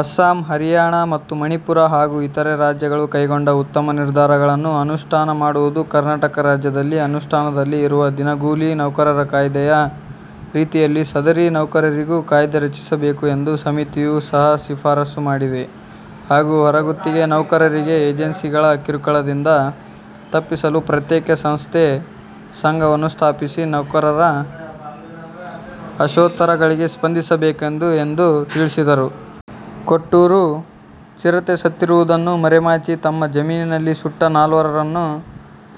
ಅಸ್ಸಾಂ, ಹರಿಯಾಣ ಮತ್ತು ಮಣಿಪುರ ಹಾಗೂ ಇತರೆ ರಾಜ್ಯಗಳು ಕೈಗೊಂಡ ಉತ್ತಮ ನಿರ್ಧಾರಗಳನ್ನು ಅನುಷ್ಠಾನ ಮಾಡುವುದು ಕರ್ನಾಟಕ ರಾಜ್ಯದಲ್ಲಿ ಅನುಷ್ಠಾನದಲ್ಲಿ ಇರುವ ದಿನಗೂಲಿ ನೌಕರರ ಕಾಯ್ದೆಯ ರೀತಿಯಲ್ಲಿ ಸದರಿ ನೌಕರರಿಗೂ ಕಾಯ್ದೆ ರಚಿಸಬೇಕು ಎಂದು ಸಮಿತಿಯು ಸಹ ಶಿಫಾರಸ್ಸು ಮಾಡಿದೆ ಹಾಗೂ ಹೊರಗುತ್ತಿಗೆ ನೌಕರರಿಗೆ ಏಜೆನ್ಸಿಗಳ ಕಿರುಕುಳದಿಂದ ತಪ್ಪಿಸಲು ಪ್ರತ್ಯೇಕ ಸಂಸ್ಥೆ / ಸಂಘವನ್ನು ಸ್ಥಾಪಿಸಿ ನೌಕರರ ಆಶೋತ್ತರಗಳಿಗೆ ಸ್ಪಂದಿಸಬೇಕೆಂದು ಎಂದು ತಿಳಿಸಿದರು. ಕೊಟ್ಟೂರು: ಚಿರತೆ ಸತ್ತಿರುವುದನ್ನು ಮರೆಮಾಚಿ ತಮ್ಮ ಜಮೀನಿನಲ್ಲಿ ಸುಟ್ಟ ನಾಲ್ವರನ್ನು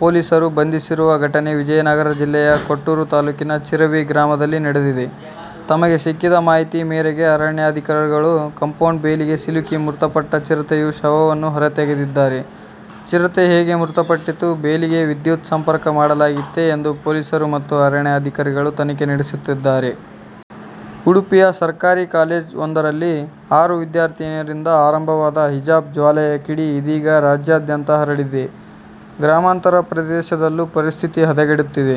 ಪೊಲೀಸರು ಬಂಧಿಸಿರುವ ಘಟನೆ ವಿಜಯನಗರ ಜಿಲ್ಲೆಯ ಕೊಟ್ಟೂರು ತಾಲ್ಲೂಕಿನ ಚಿರಬಿ ಗ್ರಾಮದಲ್ಲಿ ನಡೆದಿದೆ. ತಮಗೆ ಸಿಕ್ಕಿದ ಮಾಹಿತಿ ಮೇರೆಗೆ ಅರಣ್ಯಾಧಿಕಾರಿಗಳು ಕಂಪೌಂಡ್ ಬೇಲಿಗೆ ಸಿಲುಕಿ ಮೃತಪಟ್ಟ ಚಿರತೆಯ ಶವವನ್ನು ಹೊರತೆಗೆದಿದ್ದಾರೆ. ಚಿರತೆ ಹೇಗೆ ಮೃತಪಟ್ಟಿತು, ಬೇಲಿಗೆ ವಿದ್ಯುತ್ ಸಂಪರ್ಕ ಮಾಡಲಾಗಿತ್ತೇ ಎಂದು ಪೊಲೀಸರು ಮತ್ತು ಅರಣ್ಯಾಧಿಕಾರಿಗಳು ತನಿಖೆ ನಡೆಸುತ್ತಿದ್ದಾರೆ. ಉಡುಪಿಯ ಸರ್ಕಾರಿ ಕಾಲೇಜ್ ವೊಂದರಲ್ಲಿ ಆರು ವಿದ್ಯಾರ್ಥಿನಿಯರಿಂದ ಆರಂಭವಾದ ಹಿಜಾಬ್ ಜ್ವಾಲೆಯ ಕಿಡಿ ಇದೀಗ ರಾಜ್ಯಾದ್ಯಂತ ಹರಡಿದೆ. ಗ್ರಾಮಾಂತರ ಪ್ರದೇಶದಲ್ಲೂ ಪರಿಸ್ಥಿತಿ ಹದಗೆಡುತ್ತಿದೆ.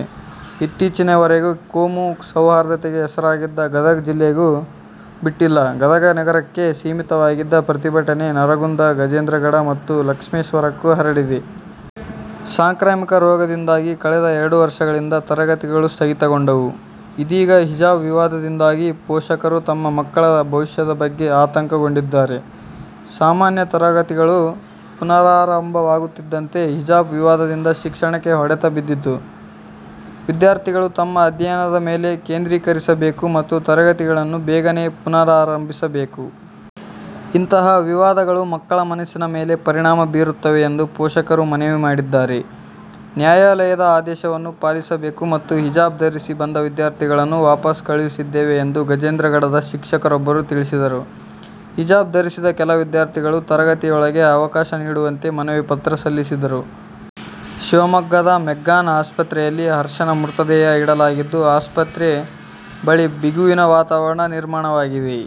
ಇತ್ತೀಚಿನವರೆಗೂ ಕೋಮು ಸೌಹಾರ್ದತೆಗೆ ಹೆಸರಾಗಿದ್ದ ಗದಗ ಜಿಲ್ಲೆಗೂ ಬಿಟ್ಟಿಲ್ಲ. ಗದಗ ನಗರಕ್ಕೆ ಸೀಮಿತವಾಗಿದ್ದ ಪ್ರತಿಭಟನೆ ನರಗುಂದ, ಗಜೇಂದ್ರಗಡ ಮತ್ತು ಲಕ್ಷ್ಮೇಶ್ವರಕ್ಕೂ ಹರಡಿದೆ. ಸಾಂಕ್ರಾಮಿಕ ರೋಗದಿಂದಾಗಿ ಕಳೆದ ಎರಡು ವರ್ಷಗಳಿಂದ ತರಗತಿಗಳು ಸ್ಥಗಿತಗೊಂಡವು. ಇದೀಗ ಹಿಜಾಬ್ ವಿವಾದದಿಂದಾಗಿ ಪೋಷಕರು ತಮ್ಮ ಮಕ್ಕಳ ಭವಿಷ್ಯದ ಬಗ್ಗೆ ಆತಂಕಗೊಂಡಿದ್ದಾರೆ. ಸಾಮಾನ್ಯ ತರಗತಿಗಳು ಪುನರಾರಂಭವಾಗುತ್ತಿದ್ದಂತೆ, ಹಿಜಾಬ್ ವಿವಾದದಿಂದ ಶಿಕ್ಷಣಕ್ಕೆ ಹೊಡೆತ ಬಿದ್ದಿತು. ವಿದ್ಯಾರ್ಥಿಗಳು ತಮ್ಮ ಅಧ್ಯಯನದ ಮೇಲೆ ಕೇಂದ್ರೀಕರಿಸಬೇಕು ಮತ್ತು ತರಗತಿಗಳನ್ನು ಬೇಗನೆ ಪುನರಾರಂಭಿಸಬೇಕು. ಇಂತಹ ವಿವಾದಗಳು ಮಕ್ಕಳ ಮನಸ್ಸಿನ ಮೇಲೆ ಪರಿಣಾಮ ಬೀರುತ್ತವೆ ಎಂದು ಪೋಷಕರು ಮನವಿ ಮಾಡಿದ್ದಾರೆ. ನ್ಯಾಯಾಲಯದ ಆದೇಶವನ್ನು ಪಾಲಿಸಬೇಕು ಮತ್ತು ಹಿಜಾಬ್ ಧರಿಸಿ ಬಂದ ವಿದ್ಯಾರ್ಥಿಗಳನ್ನು ವಾಪಸ್ ಕಳುಹಿಸಿದ್ದೇವೆ ಎಂದು ಗಜೇಂದ್ರಗಡದ ಶಿಕ್ಷಕರೊಬ್ಬರು ತಿಳಿಸಿದರು. ಹಿಜಾಬ್ ಧರಿಸಿದ ಕೆಲ ವಿದ್ಯಾರ್ಥಿಗಳು ತರಗತಿಯೊಳಗೆ ಅವಕಾಶ ನೀಡುವಂತೆ ಮನವಿ ಪತ್ರ ಸಲ್ಲಿಸಿದರು. ಶಿವಮೊಗ್ಗದ ಮೆಗ್ಗಾನ್ ಆಸ್ಪತ್ರೆಯಲ್ಲಿ ಹರ್ಷನ ಮೃತದೇಹ ಇಡಲಾಗಿದ್ದು ಆಸ್ಪತ್ರೆ ಬಳಿ ಬಿಗುವಿನ ವಾತಾವರಣ ನಿರ್ಮಾಣವಾಗಿದೆ.